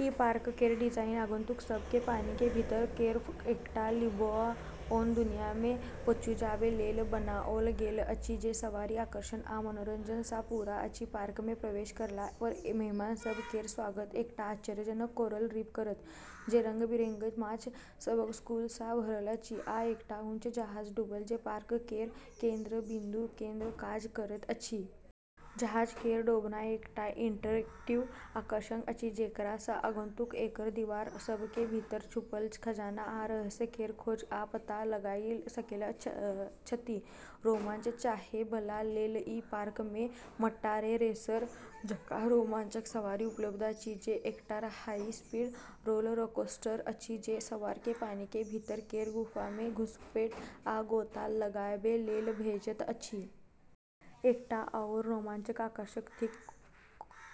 ई park केर design आगंतुक सभ केँ पानी के भीतर केर एकटा लुभाओन दुनिया मे पहुँचाबै लेल बनाओल गेल अछि, जे सवारी, आकर्षण, आ मनोरंजन सँ पूरा अछि। पार्क मे प्रवेश करला पर मेहमान सभ केर स्वागत एकटा आश्चर्यजनक कोरल रीफ करत, जे रंग-बिरंगक माछ सभक स्कूल सँ भरल अछि, आ एकटा ऊँच जहाज डूबल जे पार्क केर केंद्र बिन्दु केर काज करैत अछि। जहाज केर डूबना एकटा इंटरैक्टिव आकर्षण अछि जेकरा सँ आगंतुक एकर दीवार सभ के भीतर छुपल खजाना आ रहस्य केर खोज आ पता लगाइ सकैत छथि। रोमांच चाहै बला लेल ई पार्क मे "मंटा रे रेसर" जकाँ रोमांचक सवारी उपलब्ध अछि, जे एकटा हाई स्पीड रोलरकोस्टर अछि जे सवार केँ पानी के भीतर केर गुफा मे घुसपैठ आ गोता लगाबै लेल भेजैत अछि। एकटा आओर रोमांचक आकर्षण थिक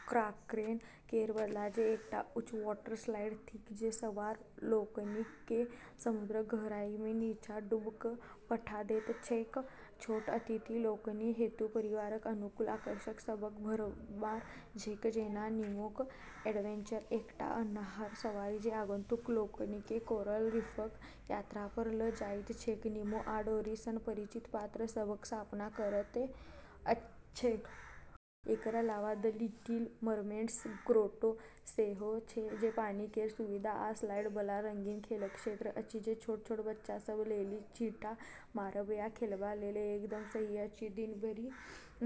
"क्राकेन केर बदला", जे एकटा ऊँच वाटर स्लाइड थिक जे सवार लोकनि केँ समुद्रक गहराई मे नीचाँ डूबि कऽ पठा दैत छैक। छोट अतिथि लोकनि हेतु परिवारक अनुकूल आकर्षण सभक भरमार छैक जेना "नीमोक एडवेंचर", एकटा अन्हार सवारी जे आगंतुक लोकनि केँ कोरल रीफक यात्रा पर लऽ जाइत छैक, निमो आ डोरी सन परिचित पात्र सभक सामना करैत छैक। एकर अलावा "द लिटिल मरमेड्स ग्रोटो" सेहो छै, जे पानी केर सुविधा आ स्लाइड बला रंगीन खेलक क्षेत्र अछि, जे छोट-छोट बच्चा सभ लेली छींटा मारब आ खेलबा लेल एकदम सही अछि। दिन भरि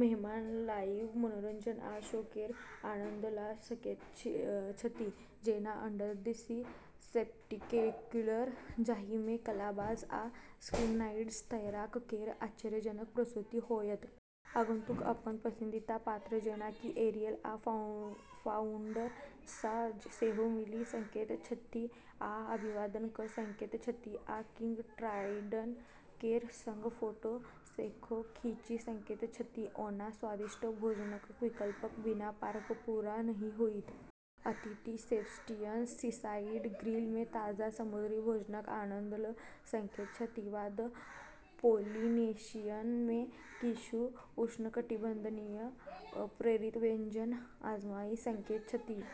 मेहमान लाइव मनोरंजन आ शो केर आनंद लऽ सकैत छथि, जेना "अंडर द सी स्पेक्टेक्युलर", जाहि मे कलाबाज आ सिंक्रनाइज्ड तैराक केर आश्चर्यजनक प्रस्तुति होयत। आगंतुक अपन पसंदीदा पात्र जेना कि एरियल आ फ्लाउंडर सँ सेहो मिलि सकैत छथि आ अभिवादन कऽ सकैत छथि, आ किंग ट्राइटन केर सँग फोटो सेहो खींचि सकैत छथि। ओना, स्वादिष्ट भोजनक विकल्पक बिना पार्क पूरा नहि होइत! अतिथि "सेबस्टियन सीसाइड ग्रिल" मे ताजा समुद्री भोजनक आनंद लऽ सकैत छथि वा "द पोलिनेशियन" मे किछु उष्णकटिबंधीय प्रेरित व्यंजन आजमाइ सकैत छथि।